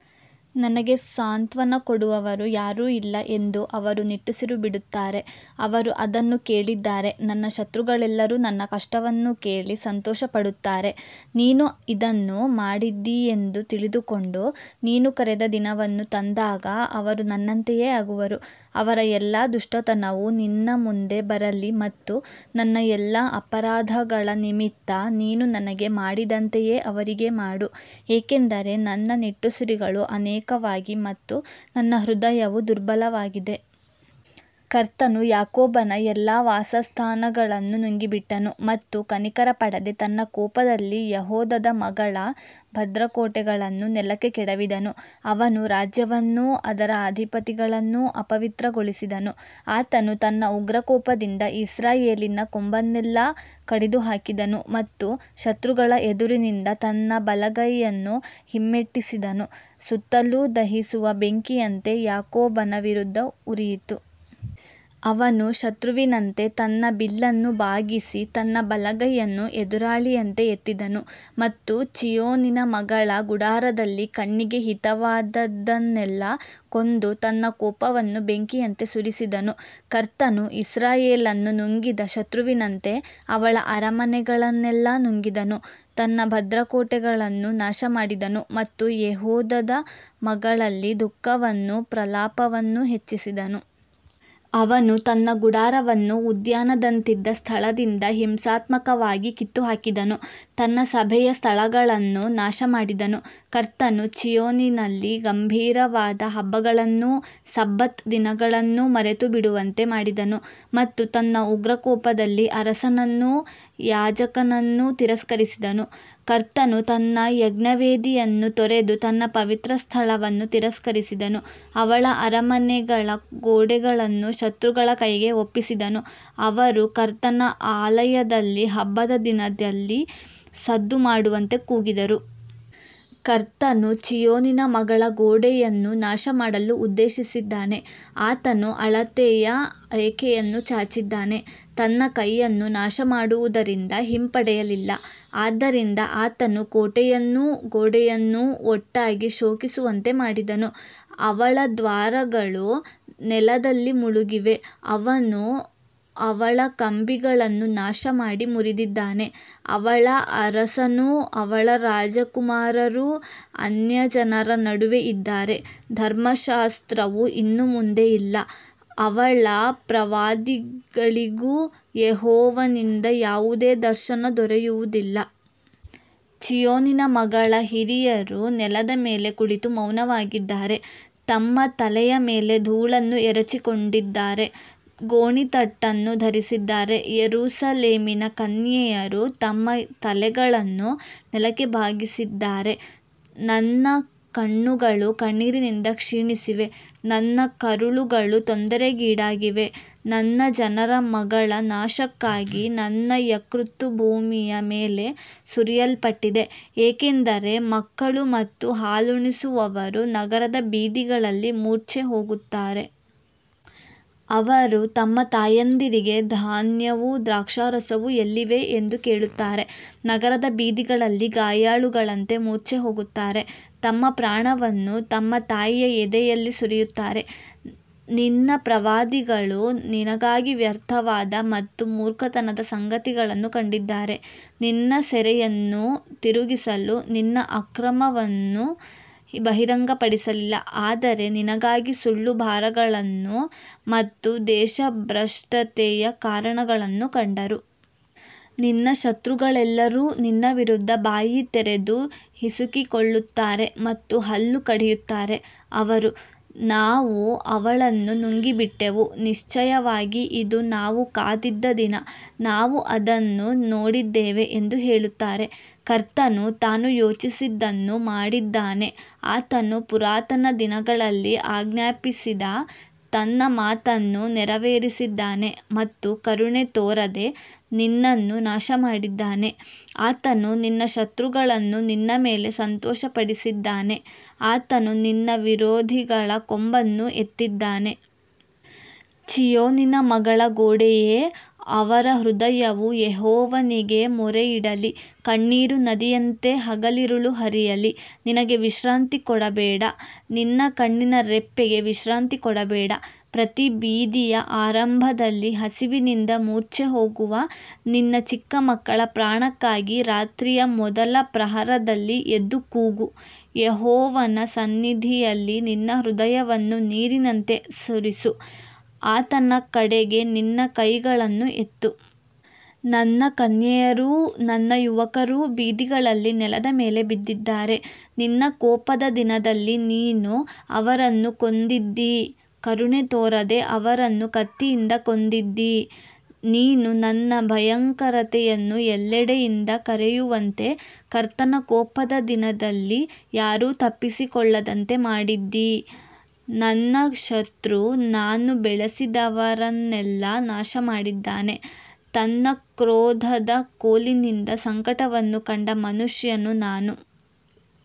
ನನಗೆ ಸಾಂತ್ವನ ಕೊಡುವವರು ಯಾರೂ ಇಲ್ಲ ಎಂದು ಅವರು ನಿಟ್ಟುಸಿರು ಬಿಡುತ್ತಾರೆ, ಅವರು ಅದನ್ನು ಕೇಳಿದ್ದಾರೆ. ನನ್ನ ಶತ್ರುಗಳೆಲ್ಲರೂ ನನ್ನ ಕಷ್ಟವನ್ನು ಕೇಳಿ ಸಂತೋಷಪಡುತ್ತಾರೆ, ನೀನು ಇದನ್ನು ಮಾಡಿದ್ದೀಯೆಂದು ತಿಳಿದುಕೊಂಡು, ನೀನು ಕರೆದ ದಿನವನ್ನು ತಂದಾಗ ಅವರು ನನ್ನಂತೆಯೇ ಆಗುವರು. ಅವರ ಎಲ್ಲಾ ದುಷ್ಟತನವು ನಿನ್ನ ಮುಂದೆ ಬರಲಿ ಮತ್ತು ನನ್ನ ಎಲ್ಲಾ ಅಪರಾಧಗಳ ನಿಮಿತ್ತ ನೀನು ನನಗೆ ಮಾಡಿದಂತೆಯೇ ಅವರಿಗೆ ಮಾಡು, ಏಕೆಂದರೆ ನನ್ನ ನಿಟ್ಟುಸಿರುಗಳು ಅನೇಕವಾಗಿವೆ ಮತ್ತು ನನ್ನ ಹೃದಯವು ದುರ್ಬಲವಾಗಿದೆ. ಕರ್ತನು ಯಾಕೋಬನ ಎಲ್ಲಾ ವಾಸಸ್ಥಾನಗಳನ್ನು ನುಂಗಿಬಿಟ್ಟನು ಮತ್ತು ಕನಿಕರಪಡದೆ ತನ್ನ ಕೋಪದಲ್ಲಿ ಯೆಹೂದದ ಮಗಳ ಭದ್ರಕೋಟೆಗಳನ್ನು ನೆಲಕ್ಕೆ ಕೆಡವಿದನು, ಅವನು ರಾಜ್ಯವನ್ನೂ ಅದರ ಅಧಿಪತಿಗಳನ್ನೂ ಅಪವಿತ್ರಗೊಳಿಸಿದನು. ಆತನು ತನ್ನ ಉಗ್ರಕೋಪದಿಂದ ಇಸ್ರಾಯೇಲಿನ ಕೊಂಬನ್ನೆಲ್ಲಾ ಕಡಿದುಹಾಕಿದನು ಮತ್ತು ಶತ್ರುಗಳ ಎದುರಿನಿಂದ ತನ್ನ ಬಲಗೈಯನ್ನು ಹಿಮ್ಮೆಟ್ಟಿಸಿದನು, ಸುತ್ತಲೂ ದಹಿಸುವ ಬೆಂಕಿಯಂತೆ ಯಾಕೋಬನ ವಿರುದ್ಧ ಉರಿದನು. ಅವನು ಶತ್ರುವಿನಂತೆ ತನ್ನ ಬಿಲ್ಲನ್ನು ಬಾಗಿಸಿ ತನ್ನ ಬಲಗೈಯನ್ನು ಎದುರಾಳಿಯಂತೆ ಎತ್ತಿದನು ಮತ್ತು ಚೀಯೋನಿನ ಮಗಳ ಗುಡಾರದಲ್ಲಿ ಕಣ್ಣಿಗೆ ಹಿತವಾದದ್ದನ್ನೆಲ್ಲಾ ಕೊಂದು ತನ್ನ ಕೋಪವನ್ನು ಬೆಂಕಿಯಂತೆ ಸುರಿಸಿದನು. ಕರ್ತನು ಇಸ್ರಾಯೇಲನ್ನು ನುಂಗಿದ ಶತ್ರುವಿನಂತೆ ಅವಳ ಅರಮನೆಗಳನ್ನೆಲ್ಲಾ ನುಂಗಿದನು, ತನ್ನ ಭದ್ರಕೋಟೆಗಳನ್ನು ನಾಶಮಾಡಿದನು ಮತ್ತು ಯೆಹೂದದ ಮಗಳಲ್ಲಿ ದುಃಖವನ್ನೂ ಪ್ರಲಾಪವನ್ನೂ ಹೆಚ್ಚಿಸಿದನು. ಅವನು ತನ್ನ ಗುಡಾರವನ್ನು ಉದ್ಯಾನದಂತಿದ್ದ ಸ್ಥಳದಿಂದ ಹಿಂಸಾತ್ಮಕವಾಗಿ ಕಿತ್ತುಹಾಕಿದನು, ತನ್ನ ಸಭೆಯ ಸ್ಥಳಗಳನ್ನು ನಾಶಮಾಡಿದನು, ಕರ್ತನು ಚೀಯೋನಿನಲ್ಲಿ ಗಂಭೀರವಾದ ಹಬ್ಬಗಳನ್ನೂ ಸಬ್ಬತ್ ದಿನಗಳನ್ನೂ ಮರೆತುಬಿಡುವಂತೆ ಮಾಡಿದನು ಮತ್ತು ತನ್ನ ಉಗ್ರಕೋಪದಲ್ಲಿ ಅರಸನನ್ನೂ ಯಾಜಕನನ್ನೂ ತಿರಸ್ಕರಿಸಿದನು. ಕರ್ತನು ತನ್ನ ಯಜ್ಞವೇದಿಯನ್ನು ತೊರೆದು ತನ್ನ ಪವಿತ್ರಸ್ಥಳವನ್ನು ತಿರಸ್ಕರಿಸಿದನು, ಅವಳ ಅರಮನೆಗಳ ಗೋಡೆಗಳನ್ನು ಶತ್ರುಗಳ ಕೈಗೆ ಒಪ್ಪಿಸಿದನು, ಅವರು ಕರ್ತನ ಆಲಯದಲ್ಲಿ ಹಬ್ಬದ ದಿನದಲ್ಲಿ ಸದ್ದು ಮಾಡುವಂತೆ ಕೂಗಿದರು. ಕರ್ತನು ಚೀಯೋನಿನ ಮಗಳ ಗೋಡೆಯನ್ನು ನಾಶಮಾಡಲು ಉದ್ದೇಶಿಸಿದ್ದಾನೆ, ಆತನು ಅಳತೆಯ ರೇಖೆಯನ್ನು ಚಾಚಿದ್ದಾನೆ, ತನ್ನ ಕೈಯನ್ನು ನಾಶಮಾಡುವುದರಿಂದ ಹಿಂಪಡೆಯಲಿಲ್ಲ, ಆದ್ದರಿಂದ ಆತನು ಕೋಟೆಯನ್ನೂ ಗೋಡೆಯನ್ನೂ ಒಟ್ಟಾಗಿ ಶೋಕಿಸುವಂತೆ ಮಾಡಿದನು. ಅವಳ ದ್ವಾರಗಳು ನೆಲದಲ್ಲಿ ಮುಳುಗಿವೆ, ಅವನು ಅವಳ ಕಂಬಿಗಳನ್ನು ನಾಶಮಾಡಿ ಮುರಿದಿದ್ದಾನೆ, ಅವಳ ಅರಸನೂ ಅವಳ ರಾಜಕುಮಾರರೂ ಅನ್ಯಜನರ ನಡುವೆ ಇದ್ದಾರೆ, ಧರ್ಮಶಾಸ್ತ್ರವು ಇನ್ನು ಮುಂದೆ ಇಲ್ಲ, ಅವಳ ಪ್ರವಾದಿಗಳಿಗೂ ಯೆಹೋವನಿಂದ ಯಾವುದೇ ದರ್ಶನ ದೊರೆಯುವುದಿಲ್ಲ. ಚೀಯೋನಿನ ಮಗಳ ಹಿರಿಯರು ನೆಲದ ಮೇಲೆ ಕುಳಿತು ಮೌನವಾಗಿದ್ದಾರೆ, ತಮ್ಮ ತಲೆಯ ಮೇಲೆ ಧೂಳನ್ನು ಎರಚಿಕೊಂಡಿದ್ದಾರೆ, ಗೋಣಿತಟ್ಟನ್ನು ಧರಿಸಿದ್ದಾರೆ, ಯೆರೂಸಲೇಮಿನ ಕನ್ಯೆಯರು ತಮ್ಮ ತಲೆಗಳನ್ನು ನೆಲಕ್ಕೆ ಬಾಗಿಸಿದ್ದಾರೆ. ನನ್ನ ಕಣ್ಣುಗಳು ಕಣ್ಣೀರಿನಿಂದ ಕ್ಷೀಣಿಸಿವೆ, ನನ್ನ ಕರುಳುಗಳು ತೊಂದರೆಗೀಡಾಗಿವೆ, ನನ್ನ ಜನರ ಮಗಳ ನಾಶಕ್ಕಾಗಿ ನನ್ನ ಯಕೃತ್ತು ಭೂಮಿಯ ಮೇಲೆ ಸುರಿಯಲ್ಪಟ್ಟಿದೆ, ಏಕೆಂದರೆ ಮಕ್ಕಳು ಮತ್ತು ಹಾಲುಣಿಸುವವರು ನಗರದ ಬೀದಿಗಳಲ್ಲಿ ಮೂರ್ಛೆಹೋಗುತ್ತಾರೆ. ಅವರು ತಮ್ಮ ತಾಯಂದಿರಿಗೆ, ಧಾನ್ಯವೂ ದ್ರಾಕ್ಷಾರಸವೂ ಎಲ್ಲಿವೆ ಎಂದು ಕೇಳುತ್ತಾರೆ, ನಗರದ ಬೀದಿಗಳಲ್ಲಿ ಗಾಯಾಳುಗಳಂತೆ ಮೂರ್ಛೆಹೋಗುತ್ತಾರೆ, ತಮ್ಮ ಪ್ರಾಣವನ್ನು ತಮ್ಮ ತಾಯಿಯ ಎದೆಯಲ್ಲಿ ಸುರಿಯುತ್ತಾರೆ. ನಿನ್ನ ಪ್ರವಾದಿಗಳು ನಿನಗಾಗಿ ವ್ಯರ್ಥವಾದ ಮತ್ತು ಮೂರ್ಖತನದ ಸಂಗತಿಗಳನ್ನು ಕಂಡಿದ್ದಾರೆ, ನಿನ್ನ ಸೆರೆಯನ್ನು ತಿರುಗಿಸಲು ನಿನ್ನ ಅಕ್ರಮವನ್ನು ಬಹಿರಂಗಪಡಿಸಲಿಲ್ಲ, ಆದರೆ ನಿನಗಾಗಿ ಸುಳ್ಳು ಭಾರಗಳನ್ನು ಮತ್ತು ದೇಶಭ್ರಷ್ಟತೆಯ ಕಾರಣಗಳನ್ನು ಕಂಡರು. ನಿನ್ನ ಶತ್ರುಗಳೆಲ್ಲರೂ ನಿನ್ನ ವಿರುದ್ಧ ಬಾಯಿ ತೆರೆದು ಹಿಸುಕಿಕೊಳ್ಳುತ್ತಾರೆ ಮತ್ತು ಹಲ್ಲು ಕಡಿಯುತ್ತಾರೆ, ಅವರು, ನಾವು ಅವಳನ್ನು ನುಂಗಿಬಿಟ್ಟೆವು, ನಿಶ್ಚಯವಾಗಿ ಇದು ನಾವು ಕಾದಿದ್ದ ದಿನ, ನಾವು ಅದನ್ನು ನೋಡಿದ್ದೇವೆ ಎಂದು ಹೇಳುತ್ತಾರೆ. ಕರ್ತನು ತಾನು ಯೋಚಿಸಿದ್ದನ್ನು ಮಾಡಿದ್ದಾನೆ, ಆತನು ಪುರಾತನ ದಿನಗಳಲ್ಲಿ ಆಜ್ಞಾಪಿಸಿದ ತನ್ನ ಮಾತನ್ನು ನೆರವೇರಿಸಿದ್ದಾನೆ ಮತ್ತು ಕರುಣೆ ತೋರದೆ ನಿನ್ನನ್ನು ನಾಶಮಾಡಿದ್ದಾನೆ, ಆತನು ನಿನ್ನ ಶತ್ರುಗಳನ್ನು ನಿನ್ನ ಮೇಲೆ ಸಂತೋಷಪಡಿಸಿದ್ದಾನೆ, ಆತನು ನಿನ್ನ ವಿರೋಧಿಗಳ ಕೊಂಬನ್ನು ಎತ್ತಿದ್ದಾನೆ. ಚೀಯೋನಿನ ಮಗಳ ಗೋಡೆಯೇ, ಅವರ ಹೃದಯವು ಯೆಹೋವನಿಗೆ ಮೊರೆಯಿಡಲಿ, ಕಣ್ಣೀರು ನದಿಯಂತೆ ಹಗಲಿರುಳು ಹರಿಯಲಿ, ನಿನಗೆ ವಿಶ್ರಾಂತಿ ಕೊಡಬೇಡ, ನಿನ್ನ ಕಣ್ಣಿನ ರೆಪ್ಪೆಗೆ ವಿಶ್ರಾಂತಿ ಕೊಡಬೇಡ. ಪ್ರತಿ ಬೀದಿಯ ಆರಂಭದಲ್ಲಿ ಹಸಿವಿನಿಂದ ಮೂರ್ಛೆಹೋಗುವ ನಿನ್ನ ಚಿಕ್ಕ ಮಕ್ಕಳ ಪ್ರಾಣಕ್ಕಾಗಿ ರಾತ್ರಿಯ ಮೊದಲ ಪ್ರಹರದಲ್ಲಿ ಎದ್ದು ಕೂಗು, ಯೆಹೋವನ ಸನ್ನಿಧಿಯಲ್ಲಿ ನಿನ್ನ ಹೃದಯವನ್ನು ನೀರಿನಂತೆ ಸುರಿಸು, ಆತನ ಕಡೆಗೆ ನಿನ್ನ ಕೈಗಳನ್ನು ಎತ್ತು. ನನ್ನ ಕನ್ಯೆಯರೂ ನನ್ನ ಯುವಕರೂ ಬೀದಿಗಳಲ್ಲಿ ನೆಲದ ಮೇಲೆ ಬಿದ್ದಿದ್ದಾರೆ, ನಿನ್ನ ಕೋಪದ ದಿನದಲ್ಲಿ ನೀನು ಅವರನ್ನು ಕೊಂದಿದ್ದೀ, ಕರುಣೆ ತೋರದೆ ಅವರನ್ನು ಕತ್ತಿಯಿಂದ ಕೊಂದಿದ್ದೀ. ನೀನು ನನ್ನ ಭಯಂಕರತೆಯನ್ನು ಎಲ್ಲೆಡೆಯಿಂದ ಕರೆಯುವಂತೆ, ಕರ್ತನ ಕೋಪದ ದಿನದಲ್ಲಿ ಯಾರೂ ತಪ್ಪಿಸಿಕೊಳ್ಳದಂತೆ ಮಾಡಿದ್ದೀ, ನನ್ನ ಶತ್ರು ನಾನು ಬೆಳೆಸಿದವರನ್ನೆಲ್ಲಾ ನಾಶಮಾಡಿದ್ದಾನೆ. ತನ್ನ ಕ್ರೋಧದ ಕೋಲಿನಿಂದ ಸಂಕಟವನ್ನು ಕಂಡ ಮನುಷ್ಯನು ನಾನು.